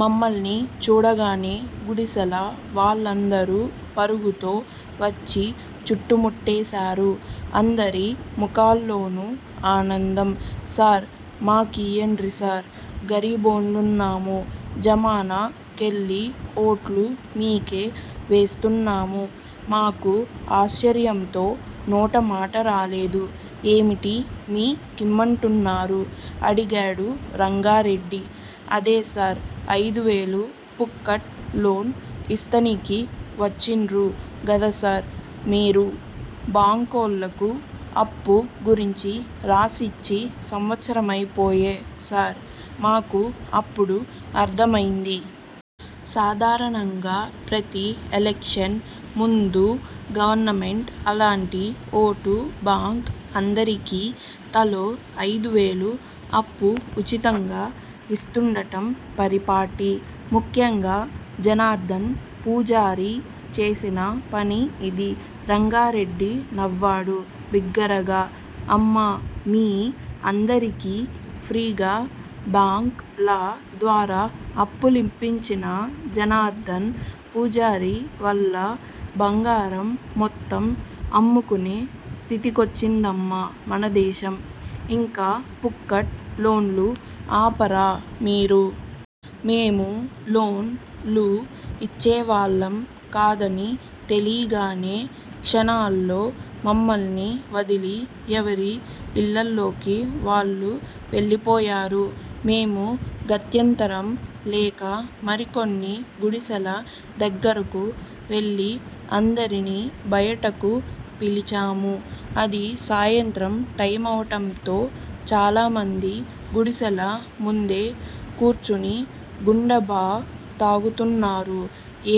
మమ్మల్ని చూడగానే గుడిశెల వాళ్ళందరూ పరుగుతో వచ్చి చుట్టుముట్టేశారు. అందరి ముఖాల్లోనూ ఆనందం. సార్! మాకియ్యండ్రిసార్! గరీబోండ్లున్నాము జమానా కెళ్ళి ఓట్లు మీకే వేస్తున్నాము మాకు ఆశ్చర్యంతో నోటమాటరాలేదు. ఏమిటీ మీ కిమ్మంటున్నారు అడిగాడు రంగారెడ్డి. అదేసార్! ఐదువేలు పుక్కట్ లోన్ ఇస్తనికి వచ్చిన్రు గద్సార్ మీరు- బాంకోళ్ళకు అప్పు గురించి రాసిచ్చి సంవత్సరమైపాయె సార్- మాకు అప్పుడు అర్థమైంది. సాధారణంగా ప్రతి ఎలక్షన్ ముందూ గవర్నమెంట్ అలాంటి ఓటు బాంక్ అందరికీ తలో ఐదువేలు అప్పు ఉచితంగా ఇస్తూండటం పరిపాటి. ముఖ్యంగా జనార్ధన్ పూజారి చేసిన పని ఇది. రంగారెడ్డి నవ్వాడు బిగ్గరగా! అమ్మా! మీ అందరికీ ఫ్రీగా బాంక్ ల ద్వారా అప్పులిప్పించిన జనార్ధన్ పూజారి వల్ల బంగారం మొత్తం అమ్ముకునే స్థితికొచ్చిందమ్మా మనదేశం- ఇంకా పుక్కట్ లోన్లు ఆపరా మీరు? మేము లోన్ ళు ఇచ్చేవాళ్ళం కాదని తెలీగానే క్షణాల్లో మమ్మల్ని వదిలి ఎవరి ఇళ్ళలోకి వాళ్ళు వెళ్ళిపోయారు. మేము గత్యంతరం లేక మరికొన్ని గుడిశెల దగ్గరకు వెళ్ళి అందరినీ బయటకు పిలిచాము. అది సాయంత్రం టైమవటంతో చాలామంది గుడిసెల ముందే కూర్చుని గుడంబా తాగుతున్నారు.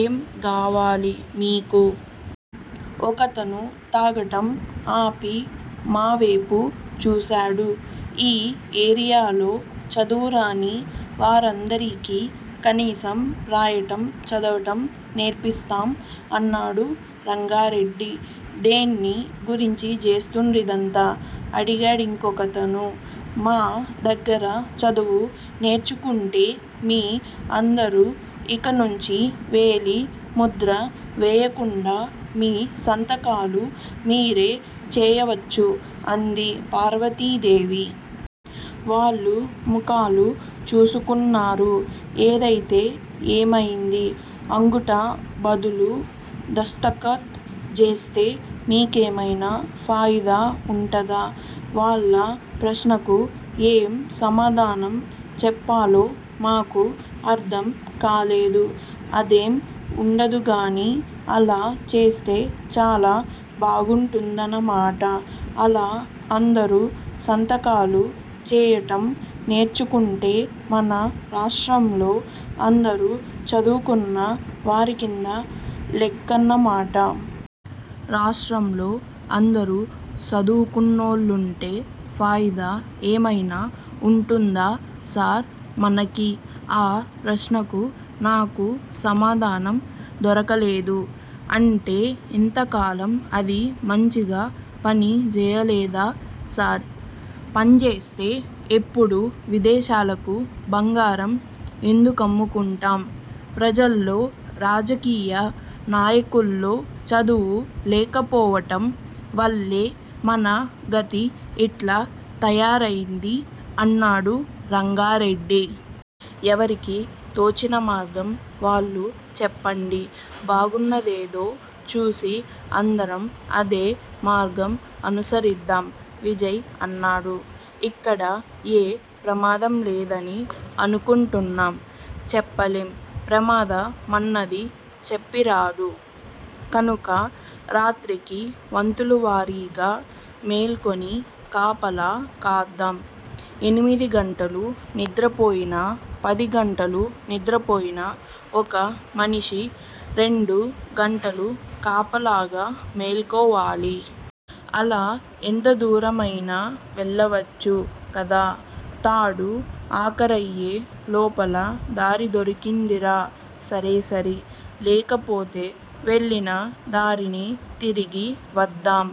ఏం గావాలి మీకు? ఒకతను తాగటం ఆపి మావేపు చూశాడు. ఈ ఏరియాలో చదువురాని వారందరికీ కనీసం రాయటం, చదవటం నేర్పిస్తాం అన్నాడు రంగారెడ్డి. దేన్ని గురించి జేస్తున్రిదంతా? అడిగాడింకొకతను. మా దగ్గర చదువు నేర్చుకుంటే మీ అందరూ ఇకనుంచి వేలి ముద్ర వేయకుండా మీ సంతకాలు మీరే చేయవచ్చు అంది పార్వతీదేవి. వాళ్ళు ముఖాలు చూసుకున్నారు. ఏదైతే ఏమయింది? అంగూఠా బదులు దస్తఖత్ జేస్తే మీకేమైనా ఫాయిదా ఉంటదా? వాళ్ళ ప్రశ్నకు ఏం సమాధానం చెప్పాలో మాకు అర్థం కాలేదు. అదేం వుండదుగానీ- అలా చేస్తే చాలా బాగుంటుందన్నమాట! అలా అందరూ సంతకాలు చేయటం నేర్చుకుంటే మన రాష్ట్రంలో అందరూ చదువుకున్న వారికింద లెక్కన్నమాట. రాష్ట్రంలో అందరూ సదువుకున్నోళ్ళుంటే ఫాయిదా ఏమైనా వుంటుందా సార్ మనకి? ఆ ప్రశ్నకు నాకు సమాధానం దొరకలేదు. అంటే ఇంతకాలం అది మంచిగ పని జేయలేదా సార్? పన్జేస్తే ఇప్పుడు విదేశాలకు బంగారం ఎందుకమ్ముకుంటాం? ప్రజల్లో, రాజకీయ నాయకుల్లో చదువు లేకపోవటం వల్లే మన గతి ఇట్ల తయారయింది అన్నాడు రంగారెడ్డి. ఎవరికీ తోచినమార్గం వాళ్ళు చెప్పండి బాగున్నాదేదో చూసి అందరం అదే మార్గం అనుసరిద్దాం. విజయ్ అన్నాడు. ఇక్కడ ఏ ప్రమాదంలేదని అనుకుంటున్నాం. చెప్పలేం ప్రమాద మన్నది చెప్పిరాదు. కనుక రాత్రికి వంతులవారీగా మేల్కొని కాపలా కాద్దాం ఎనిమిదిగంటలు నిద్రపోయినా పదిగంటలు నిద్రపోయినా ఒక మనిషి రెండు గంటలు కాపలాగా మేల్కోవాలి. అలా ఎంతదూరమైనా వెళ్ళవచ్చు కదా! తాడు ఆఖరయ్యే లోపల దారిదొరికిందిరా సరేసరి లేకపోతె వెళ్ళిన దారినే తిరిగి వద్దాం.